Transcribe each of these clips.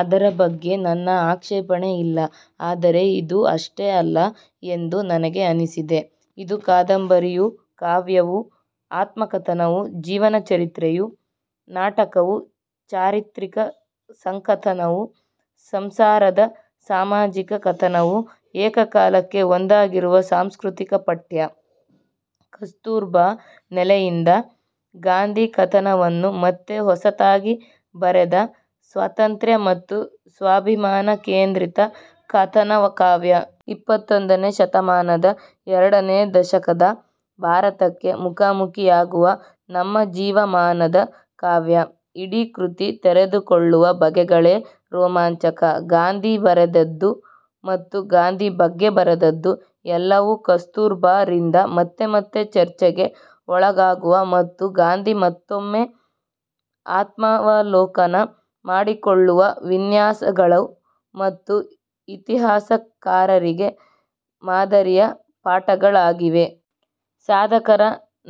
ಅದರ ಬಗ್ಗೆ ನನ್ನ ಆಕ್ಷೇಪಣೆ ಇಲ್ಲ. ಆದರೆ ಇದು ಅಷ್ಟೇ ಅಲ್ಲ ಎಂದು ನನಗೆ ಅನ್ನಿಸಿದೆ. ಇದು ಕಾದಂಬರಿಯೂ, ಕಾವ್ಯವೂ, ಆತ್ಮಕಥನವೂ, ಜೀವನ ಚರಿತ್ರೆಯೂ, ನಾಟಕವೂ, ಚಾರಿತ್ರಿಕ ಸಂಕಥನವೂ, ಸಂಸಾರದ ಸಾಮಾಜಿಕ ಕಥನವೂ, ಏಕಕಾಲಕ್ಕೆ ಒಂದಾಗಿರುವ ಸಾಂಸ್ಕೃತಿಕ ಪಠ್ಯ. ಕಸ್ತೂರ್ ಬಾ ನೆಲೆಯಿಂದ ಗಾಂಧಿ ಕಥನವನ್ನು ಮತ್ತೆ ಹೊಸತಾಗಿ ಬರೆದ ಸ್ವಾತಂತ್ರ್ಯ ಮತ್ತು ಸ್ವಾಭಿಮಾನ ಕೇಂದ್ರಿತ ಕಥನಕಾವ್ಯ. ಇಪ್ಪತ್ತೊಂದನೇ ಶತಮಾನದ ಎರಡನೆಯ ದಶಕದ ಭಾರತಕ್ಕೆ ಮುಖಾಮುಖಿಯಾಗುವ ನಮ್ಮ ಜೀವಮಾನದ ಕಾವ್ಯ. ಇಡೀ ಕೃತಿ ತೆರೆದುಕೊಳ್ಳುವ ಬಗೆಗಳೇ ರೋಮಾಂಚಕ. ಗಾಂಧಿ ಬರೆದದ್ದು ಮತ್ತು ಗಾಂಧಿ ಬಗ್ಗೆ ಬರೆದದ್ದು ಎಲ್ಲವೂ ಕಸ್ತೂರ್ ಬಾ ರಿಂದ ಮತ್ತೆ ಮತ್ತೆ ಚರ್ಚೆಗೆ ಒಳಗಾಗುವ ಮತ್ತು ಗಾಂಧಿ ಮತ್ತೊಮ್ಮೆ ಆತ್ಮಾವಲೋಕನ ಮಾಡಿಕೊಳ್ಳುವ ವಿನ್ಯಾಸಗಳು ನಮ್ಮ ಇತಿಹಾಸಕಾರರಿಗೆ ಮಾದರಿಯ ಪಾಠಗಳಾಗಿವೆ. ಸಾಧಕರ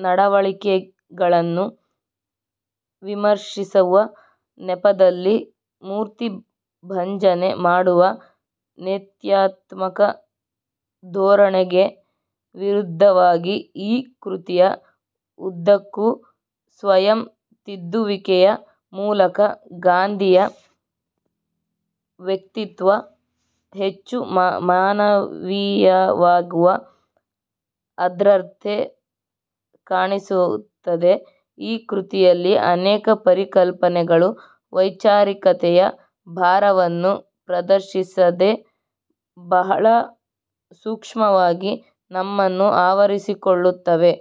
ನಡವಳಿಕೆಗಳನ್ನು ವಿಮರ್ಶಿಸುವ ನೆಪದಲ್ಲಿ ಮೂರ್ತಿಭಂಜನೆ ಮಾಡುವ ನೇತ್ಯಾತ್ಮಕ ಧೋರಣೆಗೆ ವಿರುದ್ಧವಾಗಿ ಈ ಕೃತಿಯ ಉದ್ದಕ್ಕೂ ಸ್ವಯಂ ತಿದ್ದುವಿಕೆಯ ಮೂಲಕ ಗಾಂಧಿಯ ವ್ಯಕ್ತಿತ್ವ ಹೆಚ್ಚು ಮಾನವೀಯವಾಗುವ ಆರ್ದ್ರತೆ ಕಾಣಿಸುತ್ತದೆ. ಈ ಕೃತಿಯಲ್ಲಿ ಅನೇಕ ಪರಿಕಲ್ಪನೆಗಳು ವೈಚಾರಿಕತೆಯ ಭಾರವನ್ನು ಪ್ರದರ್ಶಿಸದೆ, ಬಹಳ ಸೂಕ್ಷ್ಮವಾಗಿ ನಮ್ಮನ್ನು ಆವರಿಸಿಕೊಳ್ಳುತ್ತವೆ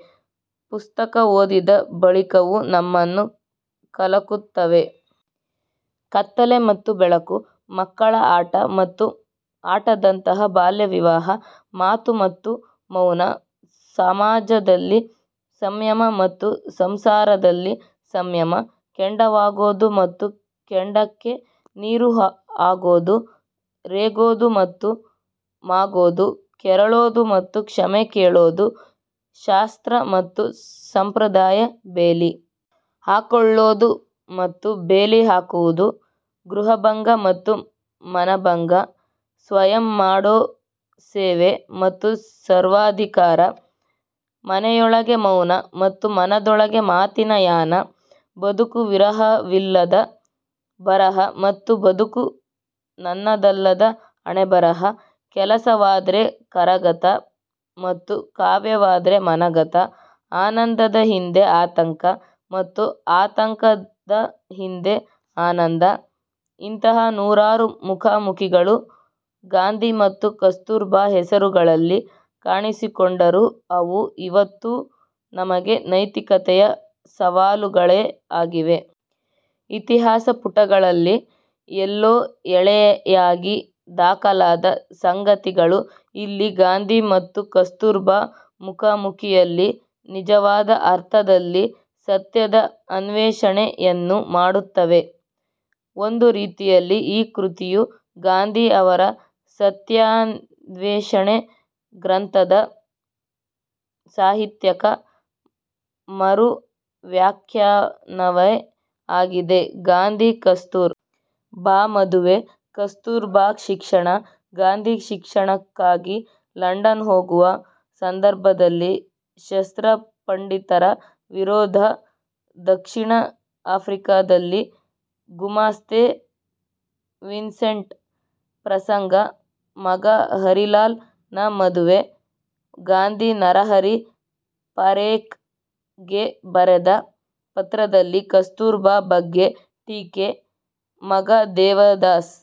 ಪುಸ್ತಕ ಓದಿದ ಬಳಿಕವೂ ನಮ್ಮನ್ನು ಕಲಕುತ್ತವೆ. ಕತ್ತಲೆ ಮತ್ತು ಬೆಳಕು, ಮಕ್ಕಳ ಆಟ ಮತ್ತು ಆಟದಂತಹ ಬಾಲ್ಯ ವಿವಾಹ, ಮಾತು ಮತ್ತು ಮೌನ, ಸಮಾಜದಲ್ಲಿ ಸಂಯಮ ಮತ್ತು ಸಂಸಾರದಲ್ಲಿ ಸಂಯಮ, ಕೆಂಡವಾಗೋದು ಮತ್ತು ಕೆಂಡಕೆ ನೀರು ಆಗೋದು, ರೇಗೋದು ಮತ್ತು ಮಾಗೋದು, ಕೆರಳೋದು ಮತ್ತು ಕ್ಷಮೆ ಕೇಳೋದು, ಶಾಸ್ತ್ರ ಮತ್ತು ಸಂಪ್ರದಾಯ, ಬೇಲಿ ಹಾಕ್ಕೊಳ್ಳೋದು ಮತ್ತು ಬೇಲಿ ಹಾಕುವುದು, ಗೃಹಭಂಗ ಮತ್ತು ಮನಭಂಗ, ಸ್ವಯಂ ಮಾಡೋ ಸೇವೆ ಮತ್ತು ಸರ್ವಾಧಿಕಾರ, ಮನೆಯೊಳಗೆ ಮೌನ ಮತ್ತು ಮನದೊಳಗೆ ಮಾತಿನ ಯಾನ, ಬದುಕು ವಿರಹವಿಲ್ಲದ ಬರಹ ಮತ್ತು ಬದುಕು ನನ್ನದಲ್ಲದ ಹಣೆಬರಹ, ಕೆಲಸವಾದ್ರೆ ಕರಗತ ಮತ್ತು ಕಾವ್ಯವಾದ್ರೆ ಮನಗತ, ಆನಂದದ ಹಿಂದೆ ಆತಂಕ ಮತ್ತು ಆತಂಕದ ಹಿಂದೆ ಆನಂದ: ಇಂತಹ ನೂರಾರು ಮುಖಾಮುಖಿಗಳು ಗಾಂಧಿ ಮತ್ತು ಕಸ್ತೂರ್ ಬಾ ಹೆಸರುಗಳಲ್ಲಿ ಕಾಣಿಸಿಕೊಂಡರೂ, ಅವು ಇವತ್ತೂ ನಮಗೆ ನೈತಿಕತೆಯ ಸವಾಲುಗಳೇ ಆಗಿವೆ. ಇತಿಹಾಸ ಪುಟಗಳಲ್ಲಿ ಎಲ್ಲೋ ಎಳೆಯಾಗಿ ದಾಖಲಾದ ಸಂಗತಿಗಳು ಇಲ್ಲಿ ಗಾಂಧಿ ಮತ್ತು ಕಸ್ತೂರ್ ಬಾ ಮುಖಾಮುಖಿಯಲ್ಲಿ ನಿಜವಾದ ಅರ್ಥದಲ್ಲಿ 'ಸತ್ಯದ ಅನ್ವೇಷಣೆ 'ಯನ್ನು ಮಾಡುತ್ತವೆ. ಒಂದು ರೀತಿಯಲ್ಲಿ ಈ ಕೃತಿಯು ಗಾಂಧಿ ಅವರ 'ಸತ್ಯಾನ್ವೇಷಣೆ ' ಗ್ರಂಥದ ಸಾಹಿತ್ಯಕ ಮರು ವ್ಯಾಖ್ಯಾನವೇ ಆಗಿದೆ. ಗಾಂಧಿ ಕಸ್ತೂರ್ ಬಾ ಮದುವೆ, ಕಸ್ತೂರ್ ಬಾ ಶಿಕ್ಷಣ, ಗಾಂಧಿ ಶಿಕ್ಷಣಕ್ಕಾಗಿ ಲಂಡನ್ ಹೋಗುವ ಸಂದರ್ಭದಲ್ಲಿ ಶಾಸ್ತ್ರಪಂಡಿತರ ವಿರೋಧ, ದಕ್ಷಿಣ ಆಫ್ರಿಕದಲ್ಲಿ ಗುಮಾಸ್ತೆ ವಿನ್ಸೆಂಟ್ ಪ್ರಸಂಗ, ಮಗ ಹರಿಲಾಲ್ ನ ಮದುವೆ, ಗಾಂಧಿ ನರಹರಿ ಪಾರೇಖ್ ಗೆ ಬರೆದ ಪತ್ರದಲ್ಲಿ ಕಸ್ತೂರ್ ಬಾ ಬಗ್ಗೆ ಟೀಕೆ, ಮಗ ದೇವದಾಸ್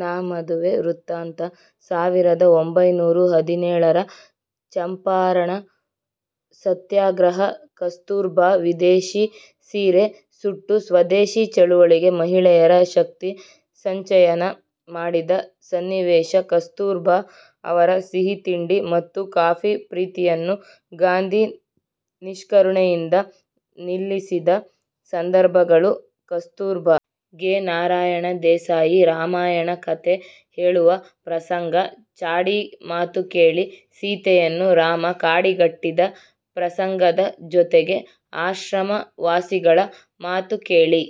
ನ ಮದುವೆ ವೃತ್ತಾಂತ, ಸಾವಿರದ ಒಂಭೈನೂರ ಹದಿನೇಳರ ಚಂಪಾರಣ ಸತ್ಯಾಗ್ರಹ, ಕಸ್ತೂರ್ ಬಾ ವಿದೇಶಿ ಸೀರೆ ಸುಟ್ಟು ಸ್ವದೇಶಿ ಚಳುವಳಿಗೆ ಮಹಿಳೆಯರ ಶಕ್ತಿ ಸಂಚಯನ ಮಾಡಿದ ಸನ್ನಿವೇಶ, ಕಸ್ತೂರ್ ಬಾ ಅವರ ಸಿಹಿತಿಂಡಿ ಮತ್ತು ಕಾಫಿ ಪ್ರೀತಿಯನ್ನು ಗಾಂಧಿ ನಿಷ್ಕರುಣೆಯಿಂದ ನಿಲ್ಲಿಸಿದ ಸಂದರ್ಭಗಳು, ಕಸ್ತೂರ್ ಬಾ ಗೆ ನಾರಾಯಣ ದೇಸಾಯಿ ರಾಮಾಯಣ ಕಥೆ ಹೇಳುವ ಪ್ರಸಂಗ, ಚಾಡಿ ಮಾತು ಕೇಳಿ ಸೀತೆಯನ್ನು ರಾಮ ಕಾಡಿಗಟ್ಟಿದ ಪ್ರಸಂಗದ ಜೊತೆಗೆ ಆಶ್ರಮವಾಸಿಗಳ ಮಾತು ಕೇಳಿ